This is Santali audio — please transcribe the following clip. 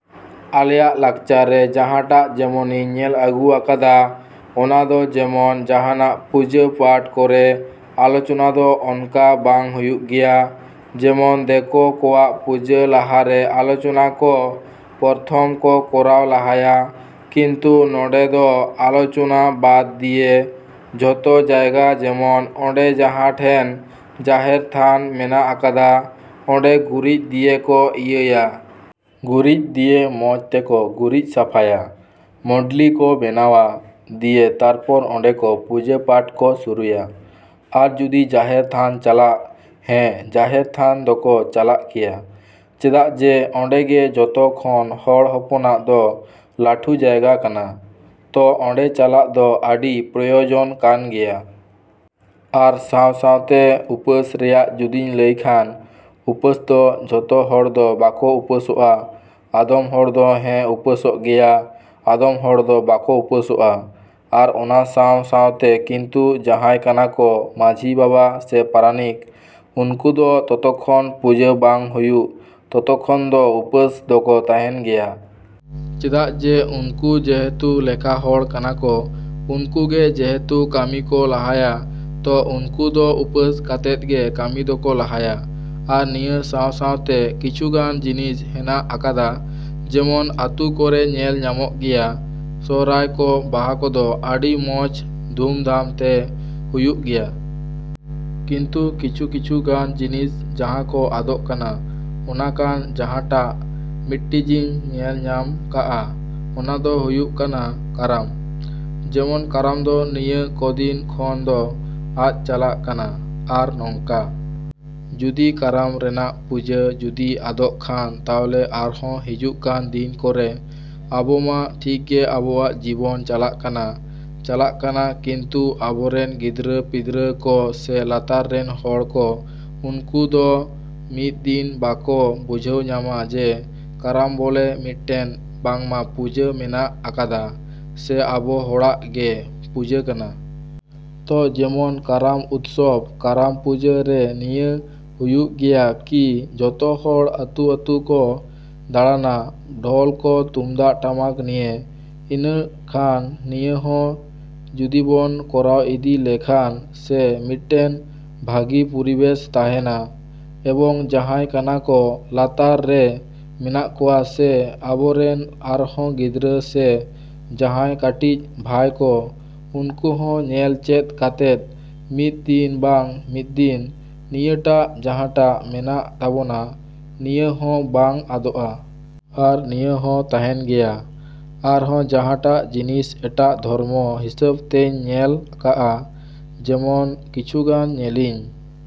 ᱟᱞᱮᱭᱟᱜ ᱞᱟᱠᱪᱟᱨ ᱨᱮ ᱡᱟᱦᱟᱸᱴᱟᱜ ᱡᱮᱢᱚᱱᱤᱧ ᱧᱮᱞ ᱟᱹᱜᱩ ᱟᱠᱟᱫᱟ, ᱚᱱᱟ ᱫᱚ ᱡᱮᱢᱚᱱ ᱡᱟᱦᱟᱱᱟᱜ ᱯᱩᱡᱟᱹ ᱯᱟᱴ ᱠᱚᱨᱮ ᱟᱞᱚᱪᱚᱱᱟ ᱫᱚ ᱚᱱᱠᱟ ᱵᱟᱝ ᱦᱩᱭᱩᱜ ᱜᱮᱭᱟ᱾ ᱡᱮᱢᱚᱱ ᱫᱮᱠᱚ ᱠᱚᱣᱟᱜ ᱯᱩᱡᱟᱹ ᱞᱟᱦᱟᱨᱮ ᱟᱞᱚᱪᱚᱱᱟ ᱠᱚ ᱯᱚᱨᱛᱷᱚᱢ ᱠᱚ ᱠᱚᱨᱟᱣ ᱞᱟᱦᱟᱭᱟ, ᱠᱤᱱᱛᱩ ᱱᱚᱸᱰᱮ ᱫᱚ ᱟᱞᱚᱪᱚᱱᱟ ᱵᱟᱫᱽ ᱫᱤᱭᱮ ᱡᱷᱚᱛᱚ ᱡᱟᱭᱜᱟ ᱡᱮᱢᱚᱱ ᱚᱸᱰᱮ ᱡᱟᱦᱟᱸᱴᱷᱮᱱ ᱡᱟᱦᱮᱨ ᱛᱷᱟᱱ ᱢᱮᱱᱟᱜ ᱟᱠᱟᱫᱟ, ᱚᱸᱰᱮ ᱜᱩᱨᱤᱡ ᱫᱤᱭᱮ ᱠᱚ ᱤᱭᱟᱹᱭᱟ᱾ ᱜᱩᱨᱤᱡ ᱫᱤᱭᱮ ᱢᱚᱡᱽ ᱛᱮᱠᱚ ᱜᱩᱨᱤᱡ ᱥᱟᱯᱷᱟᱭᱟ, ᱢᱚᱰᱞᱤ ᱠᱚ ᱵᱮᱱᱟᱣᱟ ᱫᱤᱭᱮ ᱛᱟᱨᱯᱚᱨ ᱚᱸᱰᱮ ᱠᱚ ᱯᱩᱡᱟᱹ ᱯᱟᱴ ᱠᱚ ᱥᱩᱨᱩᱭᱟ᱾ ᱟᱨ ᱡᱩᱫᱤ ᱡᱟᱦᱮᱨ ᱛᱷᱟᱱ ᱪᱟᱞᱟᱜ, ᱦᱮᱸ ᱡᱟᱦᱮᱨ ᱛᱷᱟᱱ ᱫᱚᱠᱚ ᱪᱟᱞᱟᱜ ᱜᱮᱭᱟ, ᱪᱮᱫᱟᱜ ᱡᱮ ᱚᱸᱰᱮ ᱜᱮ ᱡᱷᱚᱛᱚ ᱠᱷᱚᱱ ᱦᱚᱲ ᱦᱚᱯᱚᱱᱟᱜ ᱫᱚ ᱞᱟᱹᱴᱩ ᱡᱟᱭᱜᱟ ᱠᱟᱱᱟ ᱛᱚ ᱚᱸᱰᱮ ᱪᱟᱞᱟᱣ ᱫᱚ ᱟᱹᱰᱤ ᱯᱨᱚᱭᱳᱡᱚᱱ ᱠᱟᱱ ᱜᱮᱭᱟ᱾ ᱟᱨ ᱥᱟᱶ ᱥᱟᱶᱛᱮ ᱩᱯᱟᱹᱥ ᱨᱮᱭᱟᱜ ᱡᱩᱫᱤᱧ ᱞᱟᱹᱭ ᱠᱷᱟᱱ, ᱩᱯᱟᱹᱥ ᱫᱚ ᱡᱷᱚᱛᱚ ᱦᱚᱲ ᱫᱚ ᱵᱟᱠᱚ ᱩᱯᱟᱹᱥᱚᱜᱼᱟ, ᱟᱫᱚᱢ ᱦᱚᱲ ᱫᱚ ᱦᱮᱸ ᱩᱯᱟᱹᱥᱚᱜ ᱜᱮᱭᱟ ᱟᱫᱚᱢ ᱦᱚᱲ ᱫᱚ ᱵᱟᱠᱚ ᱩᱯᱟᱹᱥᱚᱜᱼᱟ᱾ ᱟᱨ ᱚᱱᱟ ᱥᱟᱶ ᱥᱟᱶᱛᱮ ᱠᱤᱱᱛᱩ ᱡᱟᱦᱟᱸᱭ ᱠᱟᱱᱟ ᱠᱚ ᱢᱟᱺᱡᱷᱤ ᱵᱟᱵᱟ ᱥᱮ ᱯᱟᱨᱟᱱᱤᱠ, ᱩᱱᱠᱩ ᱫᱚ ᱛᱚᱛᱚᱠᱷᱚᱱ ᱯᱩᱡᱟᱹ ᱵᱟᱝ ᱦᱩᱭᱩᱜ ᱛᱚᱛᱚᱠᱷᱚᱱ ᱫᱚ ᱩᱯᱟᱹᱥ ᱫᱚᱠᱚ ᱛᱟᱦᱮᱱ ᱜᱮᱭᱟ᱾ ᱪᱮᱫᱟᱜ ᱡᱮ ᱩᱱᱠᱩ ᱡᱮᱦᱮᱛᱩ ᱞᱮᱠᱷᱟ ᱦᱚᱲ ᱠᱟᱱᱟ ᱠᱚ, ᱩᱱᱠᱩ ᱜᱮ ᱡᱮᱦᱮᱛᱩ ᱠᱟᱹᱢᱤ ᱠᱚ ᱞᱟᱦᱟᱭᱟ ᱛᱚ ᱩᱱᱠᱩ ᱫᱚ ᱩᱯᱟᱹᱥ ᱠᱟᱛᱮᱫ ᱜᱮ ᱠᱟᱹᱢᱤ ᱫᱚᱠᱚ ᱞᱟᱦᱟᱭᱟ᱾ ᱟᱨ ᱱᱤᱭᱟᱹ ᱥᱟᱶ ᱥᱟᱶᱛᱮ ᱠᱤᱪᱷᱩᱜᱟᱱ ᱡᱤᱱᱤᱥ ᱦᱮᱱᱟᱜ ᱟᱠᱟᱫᱟ ᱡᱮᱢᱚᱱ ᱟᱹᱛᱩ ᱠᱚᱨᱮ ᱧᱮᱞ ᱧᱟᱢᱚᱜ ᱜᱮᱭᱟ, ᱥᱚᱦᱨᱟᱭ ᱠᱚ ᱵᱟᱦᱟ ᱠᱚᱫᱚ ᱟᱹᱰᱤ ᱢᱚᱡᱽ ᱫᱷᱩᱢ ᱫᱷᱟᱢ ᱛᱮ ᱦᱩᱭᱩᱜ ᱜᱮᱭᱟ᱾ ᱠᱤᱱᱛᱩ ᱠᱤᱪᱷᱩ ᱠᱤᱪᱷᱩ ᱜᱟᱱ ᱡᱤᱱᱤᱥ ᱡᱟᱦᱟᱸ ᱠᱚ ᱟᱫᱚᱜ ᱠᱟᱱᱟ, ᱚᱱᱟ ᱠᱟᱱ ᱡᱟᱦᱟᱸᱴᱟᱜ ᱢᱤᱫᱴᱤᱡᱤᱧ ᱧᱮᱞ ᱧᱟᱢ ᱠᱟᱜᱼᱟ, ᱚᱱᱟ ᱫᱚ ᱦᱩᱭᱩᱜ ᱠᱟᱱᱟ ᱠᱟᱨᱟᱢ᱾ ᱡᱮᱢᱚᱱ ᱠᱟᱨᱟᱢ ᱫᱚ ᱱᱤᱭᱟᱹ ᱠᱚᱫᱤᱱ ᱠᱷᱚᱱ ᱫᱚ ᱟᱫᱽ ᱪᱟᱞᱟᱜ ᱠᱟᱱᱟ᱾ ᱟᱨ ᱱᱚᱝᱠᱟ ᱡᱩᱫᱤ ᱠᱟᱨᱟᱢ ᱨᱮᱱᱟᱜ ᱯᱩᱡᱟᱹ ᱡᱩᱫᱤ ᱟᱫᱚᱜ ᱠᱷᱟᱱ ᱛᱟᱦᱞᱮ ᱟᱨᱦᱚᱸ ᱦᱤᱡᱩᱜ ᱠᱟᱱ ᱫᱤᱱ ᱠᱚᱨᱮ, ᱟᱵᱚ ᱢᱟ ᱴᱷᱤᱠ ᱜᱮ ᱟᱵᱚᱣᱟᱜ ᱡᱤᱵᱚᱱ ᱪᱟᱞᱟᱜ ᱠᱟᱱᱟ, ᱪᱟᱞᱟᱜ ᱠᱟᱱᱟ ᱠᱤᱱᱛᱩ ᱟᱵᱚᱨᱮᱱ ᱜᱤᱫᱽᱨᱟᱹ ᱯᱤᱫᱽᱨᱟᱹ ᱠᱚ ᱥᱮ ᱞᱟᱛᱟᱨ ᱨᱮᱱ ᱦᱚᱲ ᱠᱚ ᱩᱱᱠᱩ ᱫᱚ ᱢᱤᱫ ᱫᱤᱱ ᱵᱟᱠᱚ ᱵᱩᱡᱷᱟᱹᱣ ᱧᱟᱢᱟ ᱡᱮ ᱠᱟᱨᱟᱢ ᱵᱚᱞᱮ ᱢᱤᱫᱴᱮᱱ ᱵᱟᱝᱢᱟ ᱯᱩᱡᱟᱹ ᱢᱮᱱᱟᱜ ᱟᱠᱟᱫᱟ, ᱥᱮ ᱟᱵᱚ ᱦᱚᱲᱟᱜ ᱜᱮ ᱯᱩᱡᱟᱹ ᱠᱟᱱᱟ᱾ ᱛᱚ ᱡᱮᱢᱚᱱ ᱠᱟᱨᱟᱢ ᱩᱛᱥᱚᱵᱽ, ᱠᱟᱨᱟᱢ ᱯᱩᱡᱟᱹ ᱨᱮ ᱱᱤᱭᱟᱹ ᱦᱩᱭᱩᱜ ᱜᱮᱭᱟ, ᱠᱤ ᱡᱷᱚᱛᱚ ᱦᱚᱲ ᱟᱹᱛᱩᱼᱟᱹᱛᱩ ᱠᱚ ᱫᱟᱬᱟᱱᱟ ᱰᱷᱚᱞ ᱠᱚ ᱛᱩᱢᱫᱟᱜ ᱴᱟᱢᱟᱠ ᱱᱤᱭᱮ᱾ ᱤᱱᱟᱹ ᱠᱷᱟᱱ ᱱᱤᱭᱟᱹ ᱦᱚᱸ ᱡᱩᱫᱤᱵᱚᱱ ᱠᱚᱨᱟᱣ ᱤᱫᱤ ᱞᱮᱠᱷᱟᱱ ᱥᱮ ᱢᱤᱫᱴᱮᱱ ᱵᱷᱟᱹᱜᱤ ᱯᱚᱨᱤᱵᱮᱥ ᱛᱟᱦᱮᱱᱟ, ᱮᱵᱚᱝ ᱡᱟᱦᱟᱸᱭ ᱠᱟᱱᱟ ᱠᱚ ᱞᱟᱛᱟᱨ ᱨᱮ ᱢᱮᱱᱟᱜ ᱠᱚᱣᱟ ᱥᱮ ᱟᱵᱚᱨᱮᱱ ᱟᱨᱦᱚᱸ ᱜᱤᱫᱽᱨᱟᱹ ᱥᱮ ᱡᱟᱦᱟᱸᱭ ᱠᱟᱹᱴᱤᱡ ᱵᱷᱟᱭ ᱠᱚ, ᱩᱱᱠᱩ ᱦᱚᱸ ᱧᱮᱞ ᱪᱮᱫ ᱠᱟᱛᱮᱫ ᱢᱤᱫ ᱫᱤᱱ ᱵᱟᱝ ᱢᱤᱫ ᱫᱤᱱ ᱱᱤᱭᱟᱹᱴᱟᱜ ᱡᱟᱦᱟᱸᱴᱟᱜ ᱢᱮᱱᱟᱜ ᱛᱟᱵᱚᱱᱟ, ᱱᱤᱭᱟᱹ ᱦᱚᱸ ᱵᱟᱝ ᱟᱫᱚᱜᱼᱟ᱾ ᱟᱨ ᱱᱤᱭᱟᱹ ᱦᱚᱸ ᱛᱟᱦᱮᱱ ᱜᱮᱭᱟ᱾ ᱟᱨᱦᱚᱸ ᱡᱟᱦᱟᱸᱴᱟᱜ ᱡᱤᱱᱤᱥ ᱮᱴᱟᱜ ᱫᱷᱚᱨᱢᱚ ᱦᱤᱥᱟᱹᱵᱽ ᱛᱮᱧ ᱧᱮᱞ ᱠᱟᱜᱼᱟ ᱡᱮᱢᱚᱱ ᱠᱤᱪᱷᱩᱜᱟᱱ ᱧᱮᱞᱤᱧ